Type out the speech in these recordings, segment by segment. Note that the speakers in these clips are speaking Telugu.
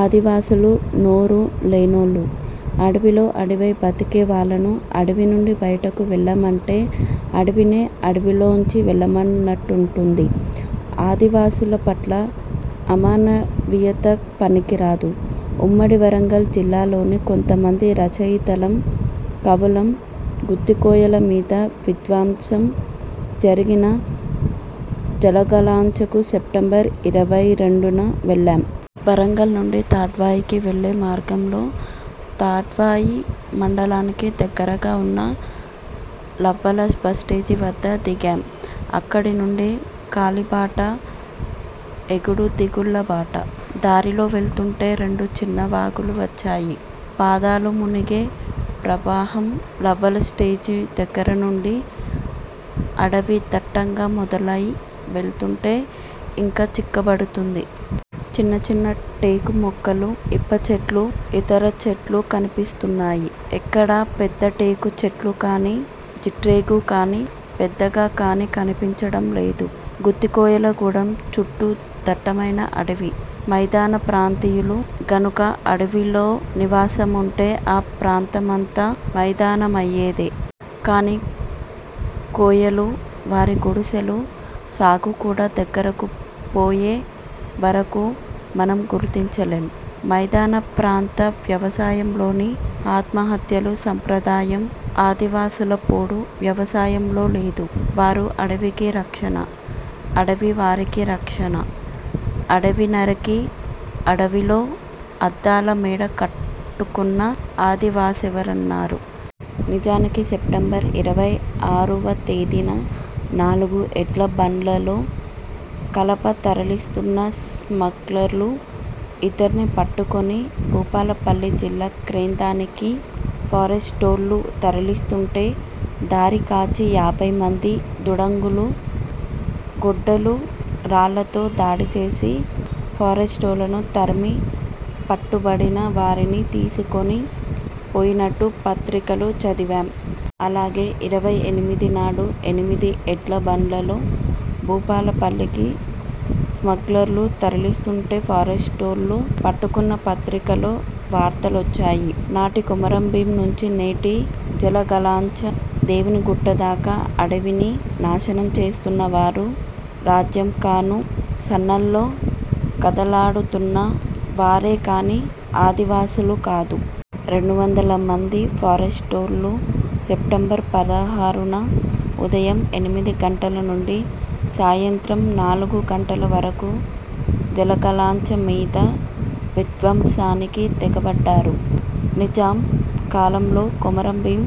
ఆదివాసులు నోరు లేనోళ్ళు. అడవిలో అడివై బతికే వాళ్ళను అడవి నుండి బయటకు వెళ్ళమంటే అడివినే అడివిలోంచి వెళ్ళమన్నట్టుంటుంది. ఆదివాసుల పట్ల అమానవీయత పనికిరాదు. ఉమ్మడి వరంగల్ జిల్లాలోని కొద్దిమంది రచయితలం, కవులం గుత్తికోయల మీద విధ్వంసం జరిగిన జలగలంచకు సెప్టెంబర్ ఇరవై రెండున వెళ్లాం. వరంగల్ నుండి తాడ్వాయికి వెళ్ళే మార్గంలో, తాడ్వాయి మండలానికి దగ్గరగా ఉన్న లవ్వాల బస్టేజి వద్ద దిగాం. అక్కడి నుండి కాలిబాట. ఎగుడు దిగుళ్ళ బాట. దారిలో వెళ్తుంటే రెండు చిన్న వాగులు వచ్చాయి. పాదాలు మునిగే ప్రవాహం లవ్వాల స్టేజీ దగ్గర నుండి అడవి దట్టంగా మొదలై వెళ్తుంటే ఇంకా చిక్కబడ్తుంది. చిన్న చిన్న టేకు మొక్కలు, ఇప్ప చెట్లు, ఇతర చెట్లు కన్పిస్తున్నాయి. ఎక్కడా పెద్ద టేకు చెట్లు కాని, జిట్రేగు కాని, పెద్దేగ కాని కన్పించడం లేదు. గుత్తికోయల గూడెం చుట్టూ దట్టమైన అడవి. మైదాన ప్రాంతీయులు గనుక అడవిలో నివాసముంటే ఆ ప్రాంతమంతా మైదానమయ్యేదే! కాని కోయలు, వారి గుడిసెలు, సాగు కూడా దగ్గరకు పోయే వరకు మనం గుర్తించలేం. మైదాన ప్రాంత వ్యవసాయంలోని ఆత్మహత్యలు సాంప్రదాయం, ఆదివాసుల పోడు వ్యవసాయంలో లేదు. వారు అడవికి రక్షణ. అడవి వారికి రక్షణ. అడవి నరికి, అడవిలో అద్దాల మేడ కట్టుకున్న ఆదివాసెవరున్నారు? నిజానికి సెప్టెంబర్ ఇరవై ఆరువ తేదీన నాలుగు ఎడ్ల బండ్లలో కలప తరలిస్తున్న స్మగ్లర్లు ఇద్దర్ని పట్టుకొని భూపాలపల్లి జిల్లా కేంద్రానికి ఫారెస్టోళ్ళు తరలిస్తాంటే దారి కాచి యాభై మంది దుండగులు గొడ్డళ్ళు, రాళ్ళతో దాడిచేసి, ఫారెస్టోళ్ళను తరిమి పట్టుబడిన వారిని తీసుకొని పోయినట్టు పత్రికల్లో చదివాం. అలాగే ఇరవై ఎనిమిది నాడు ఎనిమిది ఎడ్ల బండ్లల్లో భూపాలపల్లికి స్మగ్లర్లు తరలిస్తుంటే ఫారెస్టోళ్ళు పట్టుకున్న పత్రికల్లో వార్తలొచ్చాయి. నాటి కొమరం భీం నుంచి నేటి జలగలంచ, దేవుని గుట్ట దాక అడవిని నాశనం చేస్తున్న వారు రాజ్యం కను సన్నల్లో కదలాడుతున్న వారే కాని ఆదివాసులు కాదు. రెండు వందలమంది ఫారెస్టోళ్ళు సెప్టెంబర్ పదహారున ఉదయం ఎనిమిది గంటల నుండి సాయం త్రం నాలుగు గంటల వరకు జలగలంచ మీద విధ్వంసానికి తెగబడ్డారు. నిజాం కాలంలో కొమరం భీం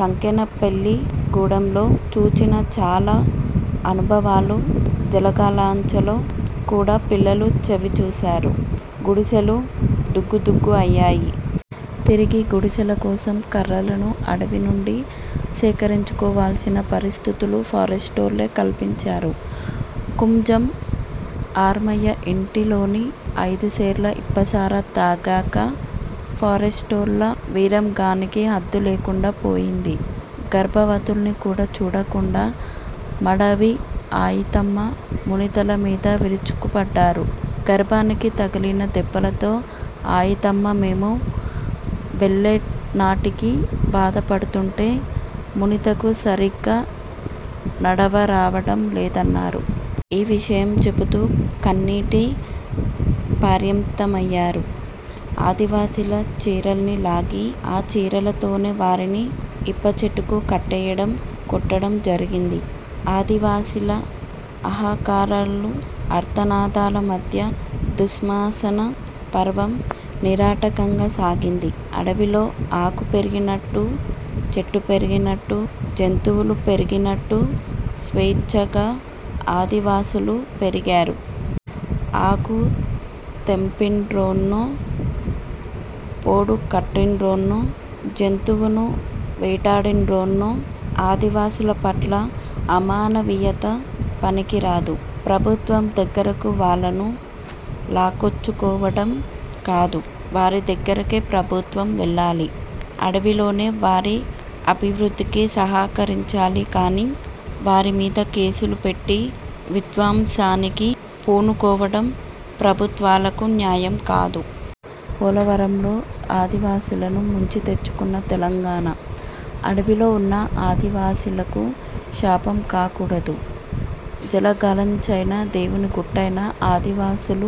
సంకెనపెల్లి గూడెంలో చూచిన చాలా అనుభవాలు జలగలంచలో కూడా పిల్లలు చవి చూశారు. గుడిసెలు దుగ్గు దుగ్గు అయ్యాయి. తిరిగి గుడిసెల కోసం కర్రలను అడవి నుండి సేకరించుకోవాల్సిన పరిస్థితులు ఫారెస్టోళ్ళే కల్పించారు. కుంజం ఆర్మయ్య ఇంటి లోని ఐదు సేర్ల ఇప్పసార తాగాక ఫారెస్టోళ్ళ వీరంగానికి హద్దు లేకుండా పోయింది. గర్భవతులని కూడా చూడకుండా మడావి అయితమ్మ, మునితల మీద విరుచుకుపడ్డారు. గర్భానికి తగిలిన దెబ్బలతో అయితమ్మ మేము వెళ్ళేనాటికి బాధపడుతుంటే, మునితకు సరిగ్గా నడవ రావడం లేదన్నారు. ఈ విషయం చెబుతూ కన్నీటి పర్యంతమయ్యారు. ఆదివాసీల చీరల్ని లాగి, ఆ చీరలతోనే వారిని ఇప్పచెట్టుకు కట్టేయడం, కొట్టడం జరిగింది. ఆదివాసీల హాహాకారాలు, ఆర్తనాదాల మధ్య దుశ్శాసన పర్వం నిరాటంకంగా సాగింది. అడవిలో ఆకు పెరిగినట్టు, చెట్టు పెరిగినట్టు, జంతువులు పెరిగినట్టు స్వేచ్ఛగా ఆదివాసులూ పెరిగారు. ఆకు తెంపిండ్రనో, పోడు కట్టిండ్రనో, జంతువును వేటాడిండ్రనో ఆదివాసుల పట్ల అమానవీయత పనికిరాదు. ప్రభుత్వం దగ్గరకు వాళ్ళను లాక్కొచ్చుకోవడం కాదు. వారి దగ్గరికే ప్రభుత్వం వెళ్ళాలి. అడవిలోనే వారి అభివృద్ధికి సహకరించాలి కాని, వారి మీద కేసులు పెట్టి, విధ్వంసానికి పూనుకోవడం ప్రభుత్వాలకు న్యాయం కాదు. పోలవరంలో ఆదివాసీలను ముంచి తెచ్చుకున్న తెలంగాణ, అడవిలో ఉన్న ఆదివాసీలకు శాపం కాకూడదు. జలగలంచైనా, దేవునిగుట్టైనా, ఆదివాసుల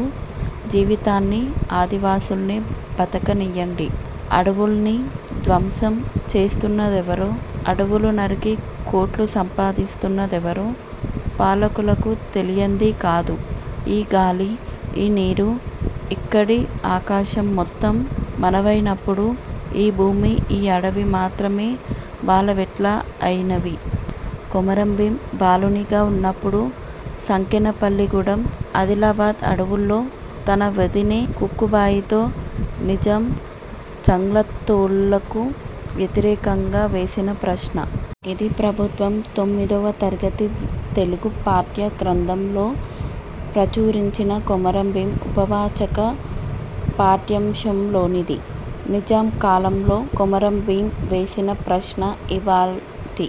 జీవితాన్ని ఆదివాసుల్నే బతకనీయండి. అడవుల్ని ధ్వంసం చేస్తున్నదెవరో, అడవులు నరికి కోట్లు సంపాదిస్తున్నదెవరో పాలకులకు తెలియంది కాదు. ''ఈ గాలి, ఈ నీరు, ఇక్కడి ఆకాశం మొత్తం మనవైనప్పుడు, ఈ భూమి, ఈ అడవి మాత్రమే వాళ్ళవెట్లా అయినవి'' కొమరం భీం బాలునిగా ఉన్నప్పుడు సంకెనపల్లి గూడెం, ఆదిలాబాద్ అడవుల్లో తన వదినె కుకుబాయితో నిజాం జంగ్లాతోళ్ళకు వ్యతిరేకంగా వేసిన ప్రశ్న. ఇది ప్రభుత్వం తొమ్మిదివ తరగతి తెలుగు పాఠ్య గ్రంథంలో ప్రచురించిన 'కొమరం భీం' ఉపవాచక పాఠ్యాంశంలోనిది. నిజాం కాలంలో కొమరం భీం వేసిన ప్రశ్న ఇవ్వాల్టి